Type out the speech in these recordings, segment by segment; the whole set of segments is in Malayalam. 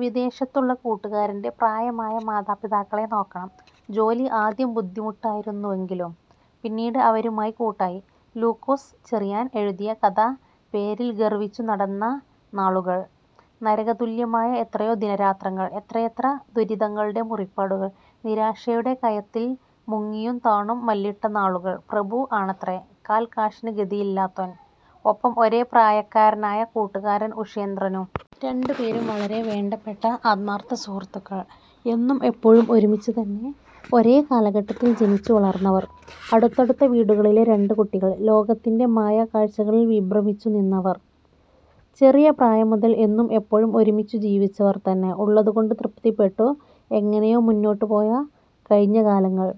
'വിദേശത്തുള്ള കൂട്ടൂകാരന്റെ പ്രായമായ മാതാപിതാക്കളെ നോക്കണം; ജോലി ആദ്യം ബുദ്ധിമുട്ടായിരുന്നുവെങ്കിലും പിന്നീട് അവരുമായി കൂട്ടായി... ' ലൂക്കോസ് ചെറിയാൻ എഴുതിയ കഥ പേരിൽ ഗർവിച്ചു നടന്ന നാളുകൾ, നരക തുല്യമായ എത്രയോ ദിനരാത്രങ്ങൾ, എത്രയെത്ര ദുരിതങ്ങളുടെ മുറിപ്പാടുകൾ, നിരാശയുടെ കയത്തിൽ മുങ്ങിയും താണും മല്ലിട്ട നാളുകൾ 'പ്രഭു' ആണത്രേ, കാൽ കാശിന് ഗതിയില്ലാത്തോൻ, ഒപ്പം ഒരേ പ്രായക്കാരനായ കൂട്ടുകാരൻ 'ഉഷേന്ദ്രനും'. രണ്ടുപേരും വളരെ വേണ്ടപ്പെട്ട ആത്മാർഥ സുഹൃത്തുക്കൾ. എന്നും എപ്പോഴും ഒരുമിച്ച്തന്നെ ഒരേ കാലഘട്ടത്തിൽ ജനിച്ചു വളർന്നവർ, അടുത്തടുത്ത വീടുകളിലെ രണ്ടു കുട്ടികൾ, ലോകത്തിന്റെ മായാ കാഴ്ച്ചകളിൽ വിഭ്രമിച്ചു നിന്നവർ. ചെറിയ പ്രായം മുതൽ എന്നും എപ്പോഴും ഒരുമിച്ചു ജീവിച്ചവർ തന്നെ, ഉള്ളതുകൊണ്ട് തൃപ്തിപ്പെട്ടു എങ്ങനെയോ മുന്നോട്ട് പോയ കഴിഞ്ഞ കാലങ്ങൾ...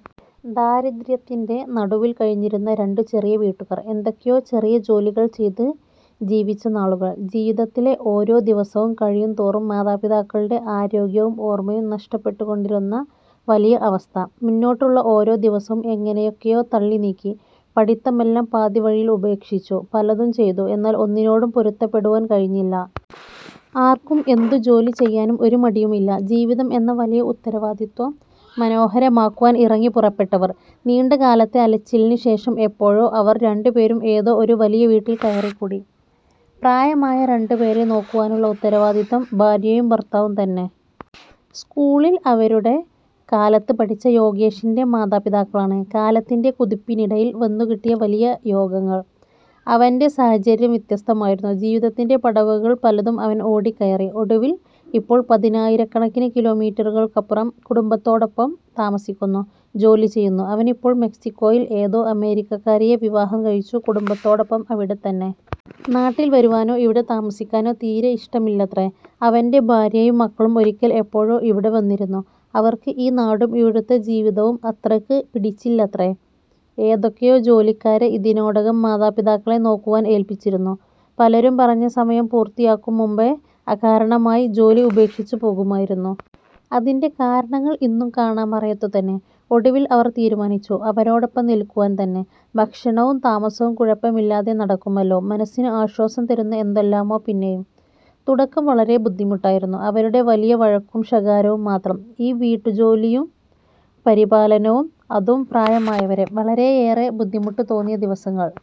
ദാരിദ്ര്യത്തിന്റെ നടുവിൽ കഴിഞ്ഞിരുന്ന രണ്ടു ചെറിയ വീട്ടുകാർ, എന്തൊക്കെയോ ചെറിയ ജോലികൾ ചെയ്തു ജീവിച്ച നാളുകൾ, ജീവിതത്തിലെ ഓരോ ദിവസവും കഴിയും തോറും മാതാപിതാക്കളുടെ ആരോഗ്യവും ഓർമയും നഷ്ടപ്പെട്ടുകൊണ്ടിരുന്ന വലിയ അവസ്ഥ, മുന്നോട്ടുള്ള ഓരോ ദിവസവും എങ്ങനെയൊക്കെയോ തള്ളി നീക്കി. പഠിത്തമെല്ലാം പാതി വഴിയിൽ ഉപേക്ഷിച്ചു, പലതും ചെയ്തു എന്നാൽ ഒന്നിനോടും പൊരുത്തപ്പെടുവാൻ കഴിഞ്ഞില്ല. ആർക്കും എന്തു ജോലി ചെയ്യാനും ഒരു മടിയും ഇല്ല, ജീവിതം എന്ന വലിയ ഉത്തരവാദിത്വം മനോഹരമാക്കുവാൻ ഇറങ്ങി പുറപ്പെട്ടവർ. നീണ്ട കാലത്തെ അലച്ചിലിന് ശേഷം എപ്പോഴോ അവർ രണ്ടുപേരും ഏതോ ഒരു വലിയ വീട്ടിൽ കയറിക്കൂടി. പ്രായമായ രണ്ടുപേരെ നോക്കുവാനുള്ള ഉത്തരവാദിത്വം, ഭാര്യയും ഭർത്താവും തന്നെ. സ്കൂളിൽ അവരുടെ കാലത്ത് പഠിച്ച യോഗേഷിന്റെ മാതാപിതാക്കളാണ്. കാലത്തിന്റെ കുതിപ്പിനിടയിൽ വന്നു കിട്ടിയ വലിയ യോഗങ്ങൾ. അവന്റ സാഹചര്യം വ്യത്യസ്തമായിരുന്നു, ജീവിതത്തിന്റെ പടവുകൾ പലതും അവൻ ഓടി കയറി, ഒടുവിൽ ഇപ്പോൾ പതിനായിരക്കണക്കിന് കിലോമീറ്ററുകൾക്കപ്പുറം കുടുംബത്തോടൊപ്പം താമസിക്കുന്നു, ജോലി ചെയ്യുന്നു. അവനിപ്പോൾ മെക്സിക്കോയിൽ ഏതോ അമേരിക്കക്കാരിയെ വിവാഹം കഴിച്ചു, കുടുംബത്തോടൊപ്പം, അവിടെത്തന്നെ. നാട്ടിൽ വരുവാനോ ഇവിടെ താമസിക്കാനോ തീരെ ഇഷ്ടമില്ലത്രേ, അവന്റെ ഭാര്യയും മക്കളും ഒരിക്കൽ എപ്പോഴോ ഇവിടെ വന്നിരുന്നു. അവർക്ക് ഈ നാടും ഇവിടുത്തെ ജീവിതവും അത്രക്ക് പിടിച്ചില്ലത്രേ. ഏതൊക്കെയോ ജോലിക്കാരെ ഇതിനോടകം മാതാപിതാക്കളെ നോക്കുവാൻ ഏൽപ്പിച്ചിരുന്നു. പലരും പറഞ്ഞ സമയം പൂർത്തിയാക്കും മുൻപേ അകാരണമായി ജോലി ഉപേക്ഷിച്ചു പോകുമായിരുന്നു. അതിന്റെ കാരണങ്ങൾ ഇന്നും കാണാമറയത്തുതന്നെ. ഒടുവിൽ അവർ തീരുമാനിച്ചു അവരോടൊപ്പം നിൽക്കുവാൻ തന്നെ, ഭക്ഷണവും താമസവും കുഴപ്പമില്ലാതെ നടക്കുമല്ലോ, മനസ്സിന് ആശ്വാസം തരുന്ന എന്തെല്ലാമോ പിന്നെയും. തുടക്കം വളരെ ബുദ്ധിമുട്ടായിരുന്നു, അവരുടെ വലിയ വഴക്കും ശകാരവും മാത്രം, ഈ വീട്ടുജോലിയും പരിപാലനവും അതും പ്രായമായവരെ, വളരെയേറെ ബുദ്ധിമുട്ട് തോന്നിയ ദിവസങ്ങൾ.